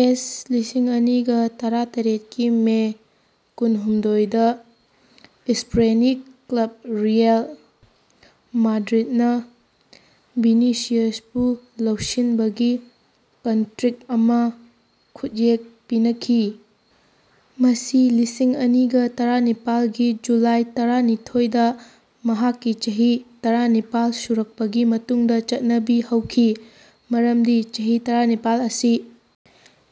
ꯑꯦꯁ ꯂꯤꯁꯤꯡ ꯑꯅꯤꯒꯥ ꯇꯔꯥꯇꯔꯦꯠꯀꯤ ꯃꯦ ꯀꯨꯟꯍꯨꯝꯗꯣꯏꯗꯥ ꯁ꯭ꯄꯦꯅꯤꯁ ꯀ꯭ꯂꯕ ꯔꯤꯑꯦꯜ ꯃꯥꯗ꯭ꯔꯤꯠꯅꯥ ꯚꯤꯅꯤꯁꯤꯌꯁꯄꯨ ꯂꯧꯁꯤꯟꯕꯒꯤ ꯀꯟꯇ꯭ꯔꯦꯛ ꯑꯃ ꯈꯨꯠꯌꯦꯛ ꯄꯤꯅꯈꯤ, ꯃꯁꯤ ꯂꯤꯁꯤꯡ ꯑꯅꯤꯒꯥ ꯇꯔꯥꯅꯤꯄꯥꯜꯒꯤ ꯖꯨꯂꯥꯏ ꯇꯔꯥꯅꯤꯊꯣꯏꯗꯥ ꯃꯍꯥꯛꯀꯤ ꯆꯍꯤ ꯇꯔꯥꯅꯤꯄꯥꯜ ꯁꯨꯔꯛꯄꯒꯤ ꯃꯇꯨꯡꯗ ꯆꯠꯅꯕꯥ ꯍꯧꯈꯤ (ꯃꯔꯝꯗꯤ ꯆꯍꯤ ꯇꯔꯥꯅꯤꯄꯥꯜ ꯑꯁꯤ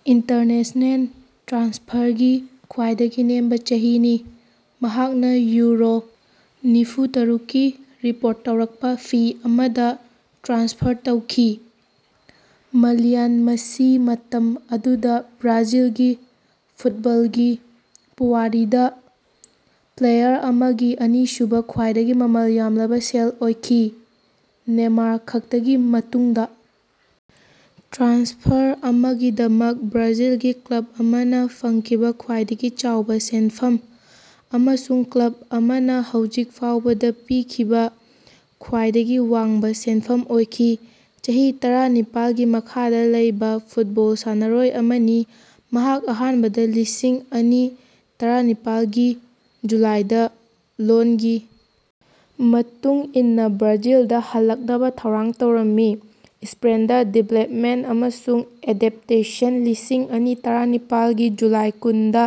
ꯏꯟꯇꯔꯅꯦꯁꯅꯦꯜ ꯇ꯭ꯔꯥꯟꯁꯐꯔꯒꯤ ꯈ꯭ꯋꯥꯏꯗꯒꯤ ꯅꯦꯝꯕꯥ ꯆꯍꯤꯅꯤ)꯫ ꯃꯍꯥꯛꯅ ꯌꯨꯔꯣ ꯅꯤꯐꯨꯇꯔꯨꯛꯀꯤ ꯔꯤꯄꯣꯔꯠ ꯇꯧꯔꯛꯄ ꯐꯤ ꯑꯃꯗ ꯇ꯭ꯔꯥꯟꯁꯐꯔ ꯇꯧꯈꯤ꯫ ꯃꯂꯤꯌꯟ, ꯃꯁꯤ ꯃꯇꯝ ꯑꯗꯨꯗꯥ ꯕ꯭ꯔꯥꯖꯤꯜꯒꯤ ꯐꯨꯠꯕꯣꯜꯒꯤ ꯄꯨꯋꯥꯔꯤꯗꯥ ꯄ꯭ꯂꯦꯌꯥꯔ ꯑꯃꯒꯤ ꯑꯅꯤꯁꯨꯕ ꯈ꯭ꯋꯥꯏꯗꯒꯤ ꯃꯃꯜ ꯌꯥꯝꯂꯕ ꯁꯦꯜ ꯑꯣꯏꯈꯤ ( ꯅꯦꯃꯥꯔ ꯈꯛꯇꯒꯤ ꯃꯇꯨꯡꯗ), ꯇ꯭ꯔꯥꯟꯁꯐꯔ ꯑꯃꯒꯤꯗꯃꯛ ꯕ꯭ꯔꯥꯖꯤꯜꯒꯤ ꯀ꯭ꯂꯕ ꯑꯃꯅ ꯐꯪꯈꯤꯕ ꯈ꯭ꯋꯥꯏꯗꯒꯤ ꯆꯥꯎꯕ ꯁꯦꯟꯐꯝ, ꯑꯃꯁꯨꯡ ꯀ꯭ꯂꯕ ꯑꯃꯅ ꯍꯧꯖꯤꯛ ꯐꯥꯎꯕꯗ ꯄꯤꯈꯤꯕ ꯈ꯭ꯋꯥꯏꯗꯒꯤ ꯋꯥꯡꯕ ꯁꯦꯟꯐꯝ ꯑꯣꯏꯈꯤ꯫ ꯆꯍꯤ ꯇꯔꯥꯃꯥꯄꯜꯒꯤ ꯃꯈꯥꯗ ꯂꯩꯕ ꯐꯨꯠꯕꯣꯜ ꯁꯥꯟꯅꯔꯣꯏ ꯑꯃꯅꯤ꯫ ꯃꯍꯥꯛ ꯑꯍꯥꯟꯕꯗ ꯂꯤꯁꯤꯡ ꯑꯅꯤ ꯇꯔꯥꯅꯤꯄꯥꯜꯒꯤ ꯖꯨꯂꯥꯏꯗꯥ ꯂꯣꯟꯒꯤ ꯃꯇꯨꯡ ꯏꯟꯅ ꯕ꯭ꯔꯥꯖꯤꯜꯗꯥ ꯍꯜꯂꯛꯅꯕꯥ ꯊꯧꯔꯥꯡ ꯇꯧꯔꯝꯃꯤ꯫ ꯁ꯭ꯄꯦꯟꯗꯥ ꯗꯤꯕꯦꯂꯞꯃꯦꯟ ꯑꯃꯁꯨꯡ ꯑꯦꯗꯦꯞꯇꯦꯁꯟ ꯂꯤꯁꯤꯡ ꯑꯅꯤ ꯇꯔꯥꯅꯤꯄꯥꯜꯒꯤ ꯖꯨꯂꯥꯏ ꯀꯨꯟꯗꯥ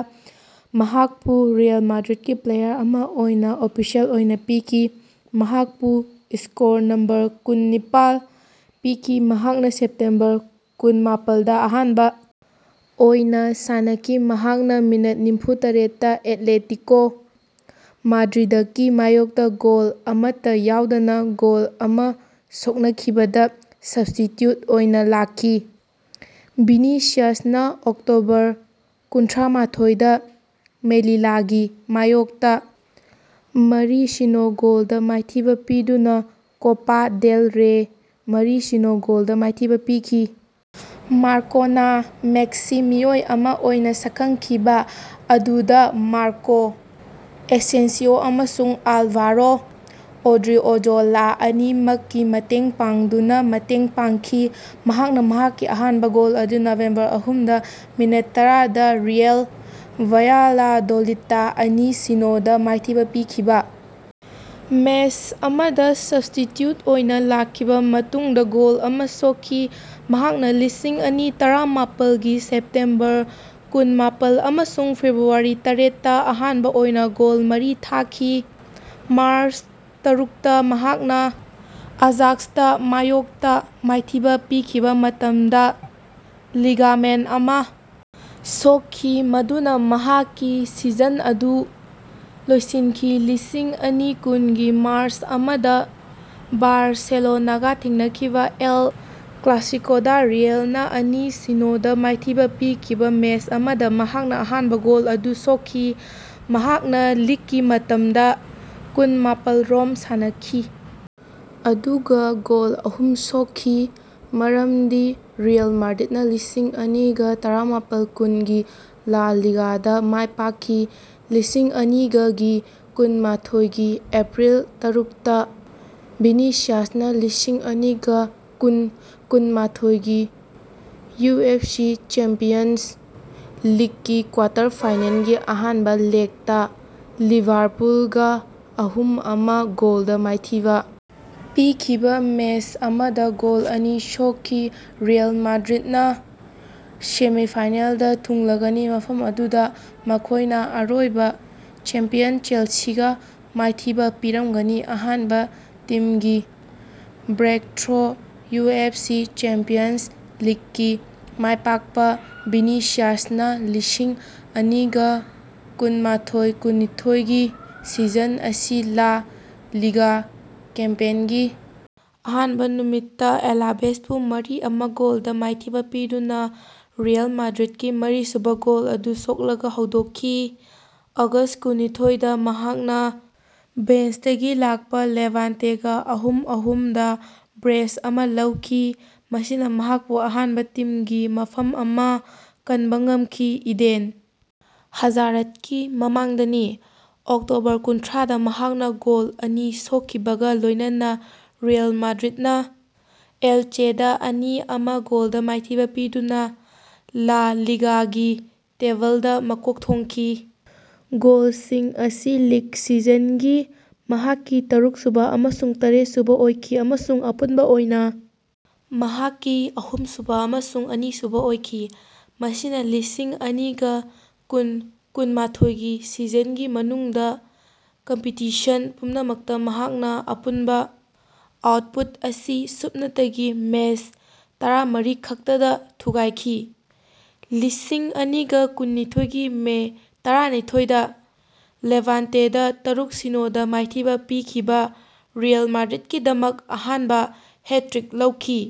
ꯃꯍꯥꯛꯄꯨ ꯔꯤꯑꯦꯜ ꯃꯥꯗ꯭ꯔꯤꯠꯀꯤ ꯄ꯭ꯂꯦꯌꯥꯔ ꯑꯃ ꯑꯣꯏꯅ ꯑꯣꯐꯤꯁꯤꯑꯦꯜ ꯑꯣꯏꯅ ꯄꯤꯈꯤ꯫ ꯃꯍꯥꯛꯄꯨ ꯁ꯭ꯀꯣꯔ ꯅꯝꯕꯔ ꯀꯨꯟꯅꯤꯄꯥꯜ ꯄꯤꯈꯤ꯫ ꯃꯍꯥꯛꯅ ꯁꯦꯞꯇꯦꯝꯕꯔ ꯀꯨꯟꯃꯥꯄꯜꯗ ꯑꯍꯥꯟꯕ ꯑꯣꯏꯅ ꯁꯥꯟꯅꯈꯤ, ꯃꯍꯥꯛꯅ ꯃꯤꯅꯤꯠ ꯃꯔꯐꯨꯇꯔꯦꯠꯇ ꯑꯦꯠꯂꯦꯇꯤꯀꯣ ꯃꯥꯗ꯭ꯔꯤꯗꯀꯤ ꯃꯥꯌꯣꯛꯇ ꯒꯣꯜ ꯑꯃꯠꯇ ꯌꯥꯎꯗꯅꯥ ꯒꯣꯜ ꯑꯃ ꯁꯣꯛꯅꯈꯤꯕꯗꯥ ꯁꯕꯁ꯭ꯇꯤꯆ꯭ꯌꯨꯠ ꯑꯣꯏꯅ ꯂꯥꯛꯈꯤ꯫ ꯚꯤꯅꯤꯁꯤꯌꯁꯅꯥ ꯑꯣꯛꯇꯣꯕꯔ ꯀꯨꯟꯊ꯭ꯔꯥꯃꯥꯊꯣꯏꯗ ꯃꯦꯂꯤꯂꯥꯒꯤ ꯃꯥꯌꯣꯛꯇ ꯃꯔꯤ-ꯁꯤꯅꯣ ꯒꯣꯜꯗ ꯃꯥꯏꯊꯤꯕ ꯄꯤꯗꯨꯅꯥ ꯀꯣꯄꯥ ꯗꯦꯜ ꯔꯦꯗꯥ ꯃꯔꯤ-ꯁꯤꯅꯣ ꯒꯣꯜꯗꯥ ꯃꯥꯏꯊꯤꯕꯥ ꯄꯤꯈꯤ, ꯃꯥꯔꯀꯣꯅꯥ ꯃꯦꯁꯀꯤ ꯃꯤꯑꯣꯏ ꯑꯃ ꯑꯣꯏꯅ ꯁꯛꯈꯪꯈꯤꯕꯥ ꯑꯗꯨꯗ ꯃꯥꯔꯀꯣ ꯑꯦꯁꯦꯟꯁꯤꯑꯣ ꯑꯃꯁꯨꯡ ꯑꯥꯜꯚꯥꯔꯣ ꯑꯣꯗ꯭ꯔꯤꯑꯣꯖꯣꯂꯥ ꯑꯅꯤꯃꯛꯀꯤ ꯃꯇꯦꯡ ꯄꯥꯡꯗꯨꯅ ꯃꯇꯦꯡ ꯄꯥꯡꯈꯤ꯫ ꯃꯍꯥꯛꯅ ꯃꯍꯥꯛꯀꯤ ꯑꯍꯥꯟꯕ ꯒꯣꯜ ꯑꯗꯨ ꯅꯕꯦꯝꯕꯔ ꯑꯍꯨꯝꯗ ꯃꯤꯅꯤꯠ ꯇꯔꯥꯗ ꯔꯤꯑꯦꯜ ꯚ꯭ꯌꯥꯂꯥꯗꯣꯂꯤꯗꯇꯥ ꯑꯅꯤ -ꯁꯤꯅꯣ ꯗꯥ ꯃꯥꯏꯊꯤꯕ ꯄꯤꯈꯤꯕ ꯃꯦꯁ ꯑꯃꯗ ꯁꯕꯁ꯭ꯇꯤꯆ꯭ꯌꯨꯠ ꯑꯣꯏꯅ ꯂꯥꯛꯈꯤꯕ ꯃꯇꯨꯡꯗ ꯒꯣꯜ ꯑꯃ ꯁꯣꯛꯈꯤ꯫ ꯃꯍꯥꯛꯅ ꯂꯤꯁꯤꯡ ꯑꯅꯤ ꯇꯔꯥꯃꯥꯄꯜꯒꯤ ꯁꯦꯞꯇꯦꯝꯕꯔ ꯀꯨꯟꯃꯥꯄꯜ ꯑꯃꯁꯨꯡ ꯐꯦꯕ꯭ꯔꯨꯋꯥꯔꯤ ꯇꯔꯦꯠꯇ ꯑꯍꯥꯟꯕ ꯑꯣꯏꯅ ꯒꯣꯜ ꯃꯔꯤ ꯊꯥꯈꯤ꯫ ꯃꯥꯔꯆ ꯇꯔꯨꯛꯇ ꯃꯍꯥꯛꯅ ꯑꯖꯥꯛꯁꯇꯥ ꯃꯥꯌꯣꯛꯇ ꯃꯥꯏꯊꯤꯕ ꯄꯤꯈꯤꯕ ꯃꯇꯝꯗ ꯂꯤꯒꯥꯃꯦꯟ ꯑꯃ ꯁꯣꯛꯈꯤ, ꯃꯗꯨꯅ ꯃꯍꯥꯛꯀꯤ ꯁꯤꯖꯟ ꯑꯗꯨ ꯂꯣꯏꯁꯤꯟꯈꯤ꯫ ꯂꯤꯁꯤꯡ ꯑꯅꯤ ꯀꯨꯟꯒꯤ ꯃꯥꯔꯆ ꯑꯃꯗ ꯕꯥꯔꯁꯦꯂꯣꯅꯥꯒꯥ ꯊꯦꯡꯅꯈꯤꯕꯥ ꯑꯦꯜ ꯀ꯭ꯂꯥꯁꯤꯀꯣꯗꯥ ꯔꯤꯑꯦꯜꯅꯥ ꯑꯅꯤ-ꯁꯤꯅꯣ ꯗ ꯃꯥꯏꯊꯤꯕ ꯄꯤꯈꯤꯕ ꯃꯦꯁ ꯑꯃꯗ ꯃꯍꯥꯛꯅ ꯑꯍꯥꯟꯕ ꯒꯣꯜ ꯑꯗꯨ ꯁꯣꯛꯈꯤ꯫ ꯃꯍꯥꯛꯅ ꯂꯤꯛꯀꯤ ꯃꯇꯝꯗ ꯀꯨꯟꯃꯥꯄꯜ ꯔꯣꯝ ꯁꯥꯟꯅꯈꯤ, ꯑꯗꯨꯒ ꯒꯣꯜ ꯑꯍꯨꯝ ꯁꯣꯛꯈꯤ, ꯃꯔꯝꯗꯤ ꯔꯤꯑꯦꯜ ꯃꯥꯗ꯭ꯔꯤꯠꯅꯥ ꯂꯤꯁꯤꯡ ꯑꯅꯤꯒꯥ ꯇꯔꯥꯃꯥꯄꯜ-ꯀꯨꯟꯒꯤ ꯂꯥ ꯂꯤꯒꯥꯗꯥ ꯃꯥꯏꯄꯥꯛꯈꯤ꯫ ꯂꯤꯁꯤꯡ ꯑꯅꯤꯒꯥꯒꯤ ꯀꯨꯟꯃꯥꯊꯣꯏꯒꯤ ꯑꯦꯄꯔꯤꯜ ꯇꯔꯨꯛꯇꯥ ꯚꯤꯅꯤꯁꯤꯌꯁꯅꯥ ꯂꯤꯁꯤꯡ ꯑꯅꯤꯒꯥ ꯀꯨꯟ-ꯀꯨꯟꯃꯥꯊꯣꯏꯒꯤ ꯌꯨꯑꯦꯐꯁꯤ ꯆꯦꯝꯄꯤꯌꯟꯁ ꯂꯤꯛꯀꯤ ꯀ꯭ꯋꯥꯇꯔ ꯐꯥꯏꯅꯦꯜꯒꯤ ꯑꯍꯥꯟꯕ ꯂꯦꯛꯇꯥ ꯂꯤꯚꯥꯔꯄꯨꯜꯒꯥ ꯑꯍꯨꯝ-ꯑꯃ ꯒꯣꯜꯗ ꯃꯥꯏꯊꯤꯕ ꯄꯤꯈꯤꯕ ꯃꯦꯁ ꯑꯃꯗ ꯒꯣꯜ ꯑꯅꯤ ꯁꯣꯛꯈꯤ꯫ ꯔꯤꯑꯦꯜ ꯃꯥꯗ꯭ꯔꯤꯠꯅꯥ ꯁꯦꯃꯤꯐꯥꯏꯅꯦꯜꯗꯥ ꯊꯨꯡꯂꯒꯅꯤ ꯃꯐꯝ ꯑꯗꯨꯗꯥ ꯃꯈꯣꯏꯅ ꯑꯔꯣꯏꯕ ꯆꯦꯝꯄꯤꯌꯟ ꯆꯦꯜꯁꯤꯒꯥ ꯃꯥꯏꯊꯤꯕ ꯄꯤꯔꯝꯒꯅꯤ꯫ꯑꯍꯥꯟꯕ ꯇꯤꯝꯒꯤ ꯕ꯭ꯔꯦꯛꯊ꯭ꯔꯣ, ꯌꯨꯑꯦꯐꯁꯤ ꯆꯦꯝꯄꯤꯌꯟꯁ ꯂꯤꯛꯀꯤ ꯃꯥꯏꯄꯥꯛꯄ ꯚꯤꯅꯤꯁꯤꯌꯁꯅꯥ ꯂꯤꯁꯤꯡ ꯑꯅꯤꯒꯥ ꯀꯨꯟꯃꯥꯊꯣꯏ-ꯀꯨꯟꯅꯤꯊꯣꯏꯒꯤ ꯁꯤꯖꯟ ꯑꯁꯤ ꯂꯥ ꯂꯤꯒꯥ ꯀꯦꯝꯄꯦꯟꯒꯤ ꯑꯍꯥꯟꯕ ꯅꯨꯃꯤꯠꯇꯥ ꯑꯂꯥꯚꯦꯁꯄꯨ ꯃꯔꯤ-ꯑꯃ ꯒꯣꯜꯗꯥ ꯃꯥꯏꯊꯤꯕ ꯄꯤꯗꯨꯅꯥ ꯔꯤꯑꯦꯜ ꯃꯥꯗ꯭ꯔꯤꯠꯀꯤ ꯃꯔꯤꯁꯨꯕ ꯒꯣꯜ ꯑꯗꯨ ꯁꯣꯛꯂꯒꯥ ꯍꯧꯗꯣꯛꯈꯤ꯫ ꯑꯣꯒꯁ ꯀꯨꯟꯅꯤꯊꯣꯏꯗꯥ ꯃꯍꯥꯛꯅ ꯕꯦꯟꯁꯇꯒꯤ ꯂꯥꯛꯄ ꯂꯦꯚꯥꯟꯇꯦꯒꯥ ꯑꯍꯨꯝ-ꯑꯍꯨꯝꯗꯥ ꯕ꯭ꯔꯦꯁ ꯑꯃ ꯂꯧꯈꯤ, ꯃꯁꯤꯅ ꯃꯍꯥꯛꯄꯨ ꯑꯍꯥꯟꯕ ꯇꯤꯝꯒꯤ ꯃꯐꯝ ꯑꯃ ꯀꯟꯕꯥ ꯉꯝꯈꯤ, ꯏꯗꯦꯟ ꯍꯥꯖꯥꯔꯠꯀꯤ ꯃꯃꯥꯡꯗꯅꯤ꯫ ꯑꯣꯛꯇꯣꯕꯔ ꯀꯨꯟꯊ꯭ꯔꯥꯗ ꯃꯍꯥꯛꯅ ꯒꯣꯜ ꯑꯅꯤ ꯁꯣꯛꯈꯤꯕꯒꯥ ꯂꯣꯏꯅꯅꯥ ꯔꯤꯑꯦꯜ ꯃꯥꯗ꯭ꯔꯤꯠꯅꯥ ꯑꯦꯜꯆꯦꯗꯥ ꯑꯅꯤ-ꯑꯃ ꯒꯣꯜꯗꯥ ꯃꯥꯏꯊꯤꯕ ꯄꯤꯗꯨꯅ ꯂꯥ ꯂꯤꯒꯥꯒꯤ ꯇꯦꯕꯜꯗꯥ ꯃꯀꯣꯛ ꯊꯣꯡꯈꯤ꯫ ꯒꯣꯜꯁꯤꯡ ꯑꯁꯤ ꯂꯤꯛ ꯁꯤꯖꯟꯒꯤ ꯃꯍꯥꯛꯀꯤ ꯇꯔꯨꯛꯁꯨꯕꯥ ꯑꯃꯁꯨꯡ ꯇꯔꯦꯠꯁꯨꯕꯥ ꯑꯣꯏꯈꯤ ꯑꯃꯁꯨꯡ ꯑꯄꯨꯟꯕ ꯑꯣꯏꯅ ꯃꯍꯥꯛꯀꯤ ꯑꯍꯨꯝꯁꯨꯕ ꯑꯃꯁꯨꯡ ꯑꯅꯤꯁꯨꯕ ꯑꯣꯏꯈꯤ, ꯃꯁꯤꯅ ꯂꯤꯁꯤꯡ ꯑꯅꯤꯒꯥ ꯀꯨꯟ- ꯀꯨꯟꯃꯥꯊꯣꯏꯒꯤ ꯁꯤꯖꯟꯒꯤ ꯃꯅꯨꯡꯗ ꯀꯝꯄꯤꯇꯤꯁꯟ ꯄꯨꯝꯅꯃꯛꯇ ꯃꯍꯥꯛꯀꯤ ꯑꯄꯨꯟꯕ ꯑꯥꯎꯠꯄꯨꯠ ꯑꯁꯤ ꯁꯨꯞꯅꯇꯒꯤ ꯃꯦꯁ ꯇꯔꯥꯃꯔꯤ ꯈꯛꯇꯗꯥ ꯊꯨꯒꯥꯏꯈꯤ꯫ ꯂꯤꯁꯤꯡ ꯑꯅꯤꯒꯥ ꯀꯨꯟꯅꯤꯊꯣꯏꯒꯤ ꯃꯦ ꯇꯔꯥꯅꯤꯊꯣꯏꯗ ꯂꯦꯚꯥꯟꯇꯦꯗꯥ ꯇꯔꯨꯛ-ꯁꯤꯅꯣ ꯗꯥ ꯃꯥꯏꯊꯤꯕꯥ ꯄꯤꯈꯤꯕ ꯔꯤꯑꯦꯜ ꯃꯥꯗ꯭ꯔꯤꯠꯀꯤꯗꯃꯛ ꯑꯍꯥꯟꯕ ꯍꯦꯠꯇ꯭ꯔꯤꯛ ꯂꯧꯈꯤ꯫